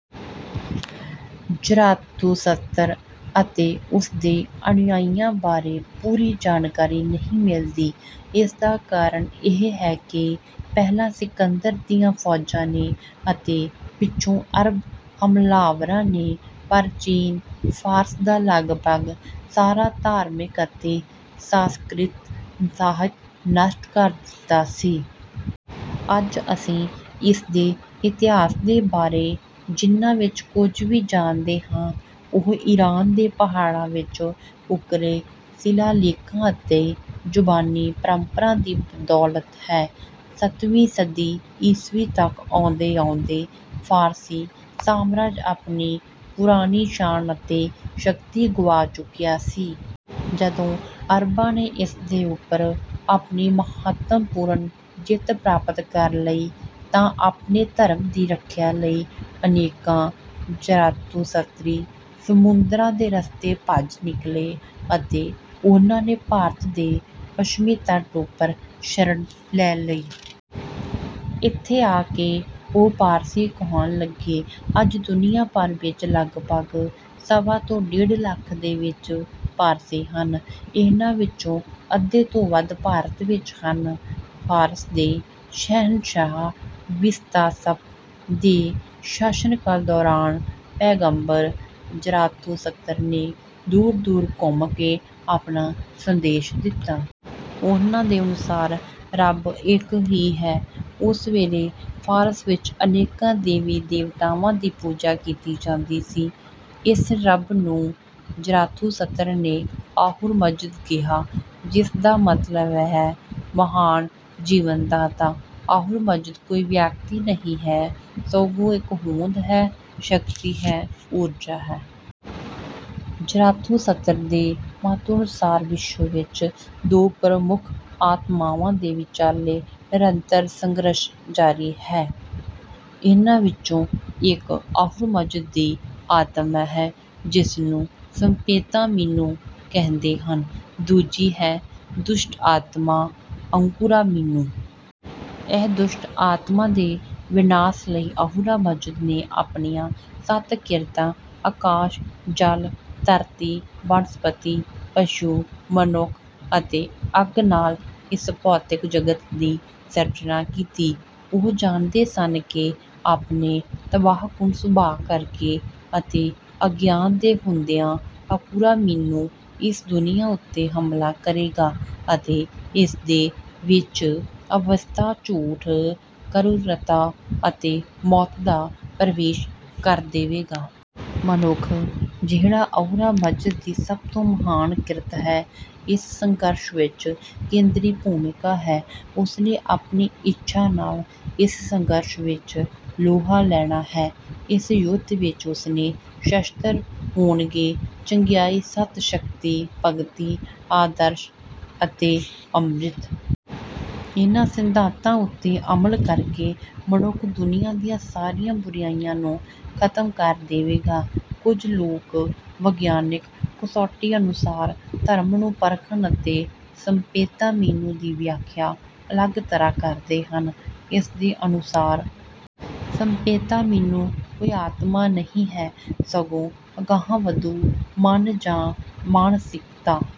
ਜ਼ਰਾਥੂਸਤਰ ਅਤੇ ਉਸਦੇ ਅਨੁਯਾਈਆਂ ਬਾਰੇ ਪੂਰੀ ਜਾਣਕਾਰੀ ਨਹੀਂ ਮਿਲਦੀ। ਇਸਦਾ ਕਾਰਨ ਇਹ ਹੈ ਕਿ ਪਹਿਲਾਂ ਸਿਕੰਦਰ ਦੀਆਂ ਫੌਜਾਂ ਨੇ ਅਤੇ ਪਿੱਛੋਂ ਅਰਬ ਹਮਲਾਵਰਾਂ ਨੇ ਪ੍ਰਾਚੀਨ ਫ਼ਾਰਸ ਦਾ ਲਗਭਗ ਸਾਰਾ ਧਾਰਮਿਕ ਅਤੇ ਸੰਸਕ੍ਰਿਤਿਕ ਸਾਹਿਤ ਨਸ਼ਟ ਕਰ ਦਿੱਤਾ ਸੀ। ਅੱਜ ਅਸੀਂ ਇਸਦੇ ਇਤਿਹਾਸ ਦੇ ਬਾਰੇ ਵਿੱਚ ਜਿੰਨਾ ਕੁਝ ਵੀ ਜਾਣਦੇ ਹਾਂ ਉਹ ਈਰਾਨ ਦੇ ਪਹਾੜਾਂ ਵਿੱਚ ਉੱਕਰੇ ਸ਼ਿਲਾਲੇਖਾਂ ਅਤੇ ਜ਼ਬਾਨੀ ਪਰੰਪਰਾ ਦੀ ਬਦੌਲਤ ਹੈ। ਸੱਤਵੀਂ ਸਦੀ ਈਸਵੀ ਤੱਕ ਆਉਂਦੇ ਆਉਂਦੇ ਫ਼ਾਰਸੀ ਸਾਮਰਾਜ ਆਪਣੀ ਪੁਰਾਣੀ ਸ਼ਾਨ ਅਤੇ ਸ਼ਕਤੀ ਗੁਆ ਚੁੱਕਿਆ ਸੀ। ਜਦੋਂ ਅਰਬਾਂ ਨੇ ਇਸਦੇ ਉੱਪਰ ਆਪਣੀ ਮਹੱਤਵਪੂਰਨ ਜਿੱਤ ਪ੍ਰਾਪਤ ਕਰ ਲਈ ਤਾਂ ਆਪਣੇ ਧਰਮ ਦੀ ਰੱਖਿਆ ਲਈ ਅਨੇਕਾਂ ਜ਼ਰਾਥੂਸਤਰੀ ਸਮੁੰਦਰ ਦੇ ਰਸਤੇ ਭੱਜ ਨਿਕਲੇ ਅਤੇ ਉਹਨਾਂ ਨੇ ਭਾਰਤ ਦੇ ਪੱਛਮੀ ਤੱਟ ਉੱਪਰ ਸ਼ਰਨ ਲੈ ਲਈ। ਇੱਥੇ ਆਕੇ ਉਹ ਪਾਰਸੀ ਕਹਾਉਣ ਲੱਗੇ। ਅੱਜ ਦੁਨੀਆਂ ਭਰ ਵਿੱਚ ਲਗਭਗ ਸਵਾ ਤੋਂ ਡੇਢ ਲੱਖ ਦੇ ਵਿੱਚ ਪਾਰਸੀ ਹਨ। ਇਹਨਾਂ ਵਿੱਚੋਂ ਅੱਧੇ ਤੋਂ ਵੱਧ ਭਾਰਤ ਵਿੱਚ ਹਨ। ਫ਼ਾਰਸ ਦੇ ਸ਼ਹਿਨਸ਼ਾਹ ਵਿਸ਼ਤਾਸਪ ਦੇ ਸ਼ਾਸਨਕਾਲ ਦੌਰਾਨ ਪੈਗੰਬਰ ਜ਼ਰਾਥੂਸਤਰ ਨੇ ਦੂਰ ਦੂਰ ਘੁੰਮ ਕੇ ਆਪਣਾ ਸੰਦੇਸ਼ ਦਿੱਤਾ। ਉਹਨਾਂ ਦੇ ਅਨੁਸਾਰ ਰੱਬ ਇੱਕ ਹੀ ਹੈ। ਉਸ ਵੇਲੇ ਫ਼ਾਰਸ ਵਿੱਚ ਅਨੇਕਾਂ ਦੇਵੀ ਦੇਵਤਾਵਾਂ ਦੀ ਪੂਜਾ ਕੀਤੀ ਜਾਂਦੀ ਸੀ। ਇਸ ਰੱਬ ਨੂੰ ਜ਼ਰਾਥੂਸਤਰ ਨੇ ਅਹੁਰ ਮਜ਼ਦ ਕਿਹਾ ਜਿਸਦਾ ਮਤਲਬ ਹੈ ਮਹਾਨ ਜੀਵਨਦਾਤਾ। ਅਹੁਰ ਮਜ਼ਦ ਕੋਈ ਵਿਅਕਤੀ ਨਹੀਂ ਹੈ ਸਗੋਂ ਇੱਕ ਹੋਂਦ ਹੈ ਸ਼ਕਤੀ ਹੈ ਊਰਜਾ ਹੈ। ਜ਼ਰਾਥੂਸਤਰ ਦੇ ਮਤ ਅਨੁਸਾਰ ਵਿਸ਼ਵ ਵਿੱਚ ਦੋ ਪ੍ਰਮੁੱਖ ਆਤਮਾਵਾਂ ਦੇ ਵਿਚਾਲੇ ਨਿਰੰਤਰ ਸੰਘਰਸ਼ ਜਾਰੀ ਹੈ। ਇਹਨਾਂ ਵਿੱਚੋਂ ਇੱਕ ਅਹੁਰ ਮਜ਼ਦ ਦੀ ਆਤਮਾ ਹੈ ਜਿਸਨੂੰ ਸਪੇਂਤਾ ਮੀਨੂ ਕਹਿੰਦੇ ਹਨ। ਦੂਜੀ ਹੈ ਦੁਸ਼ਟ ਆਤਮਾ ਅੰਘਰਾ ਮੀਨੂ। ਇਸ ਦੁਸ਼ਟ ਆਤਮਾ ਦੇ ਵਿਨਾਸ਼ ਲਈ ਅਹੁਰਾ ਮਜ਼ਦ ਨੇ ਆਪਣੀਆਂ ਸੱਤ ਕਿਰਤਾਂ ਆਕਾਸ਼ ਜਲ ਧਰਤੀ ਵਨਸਪਤੀ ਪਸ਼ੂ ਮਨੁੱਖ ਅਤੇ ਅੱਗ ਨਾਲ਼ ਇਸ ਭੌਤਿਕ ਜਗਤ ਦੀ ਸਿਰਜਣਾ ਕੀਤੀ। ਉਹ ਜਾਣਦੇ ਸਨ ਕਿ ਆਪਣੇ ਤਬਾਹਕੁੰਨ ਸੁਭਾਅ ਕਰਕੇ ਅਤੇ ਅਗਿਆਨ ਦੇ ਹੁੰਦਿਆਂ ਅੰਘਰਾ ਮੀਨੂ ਇਸ ਦੁਨੀਆਂ ਉੱਤੇ ਹਮਲਾ ਕਰੇਗਾ ਅਤੇ ਇਸਦੇ ਵਿੱਚ ਅਵਿਵਸਥਾ ਝੂਠ ਕਰੂਰਤਾ ਅਤੇ ਮੌਤ ਦਾ ਪ੍ਰਵੇਸ਼ ਕਰਾ ਦੇਵੇਗਾ। ਮਨੁੱਖ ਜਿਹੜਾ ਅਹੁਰਾ ਮਜ਼ਦ ਦੀ ਸਭ ਤੋਂ ਮਹਾਨ ਕਿਰਤ ਹੈ ਇਸ ਸੰਘਰਸ਼ ਵਿੱਚ ਕੇਂਦਰੀ ਭੂਮਿਕਾ ਹੈ। ਉਸਨੇ ਆਪਣੀ ਇੱਛਾ ਨਾਲ਼ ਇਸ ਸੰਘਰਸ਼ ਵਿੱਚ ਲੋਹਾ ਲੈਣਾ ਹੈ। ਇਸ ਯੁੱਧ ਵਿੱਚ ਉਸਦੇ ਸ਼ਸਤਰ ਹੋਣਗੇ ਚੰਗਿਆਈ ਸੱਚ ਸ਼ਕਤੀ ਭਗਤੀ ਆਦਰਸ਼ ਅਤੇ ਅਮ੍ਰਿਤ। ਇਹਨਾਂ ਸਿਧਾਂਤਾਂ ਉੱਤੇ ਅਮਲ ਕਰਕੇ ਮਨੁੱਖ ਦੁਨੀਆਂ ਦੀਆਂ ਸਾਰੀਆਂ ਬੁਰਾਈਆਂ ਨੂੰ ਖ਼ਤਮ ਕਰ ਦੇਵੇਗਾ। ਕੁਝ ਲੋਕ ਵਿਗਿਆਨਕ ਕਸੌਟੀ ਅਨੁਸਾਰ ਧਰਮ ਨੂੰ ਪਰਖਣ ਵਾਲੇ ਸਪੇਂਤਾ ਮੀਨੂ ਦੀ ਵਿਆਖਿਆ ਅਲੱਗ ਤਰ੍ਹਾਂ ਕਰਦੇ ਹਨ। ਇਸਦੇ ਅਨੁਸਾਰ ਸਪੇਂਤਾ ਮੀਨੂ ਕੋਈ ਆਤਮਾ ਨਹੀਂ ਹੈ ਸਗੋਂ ਅਗਾਂਹਵਧੂ ਮਨ ਜਾਂ ਮਾਨਸਿਕਤਾ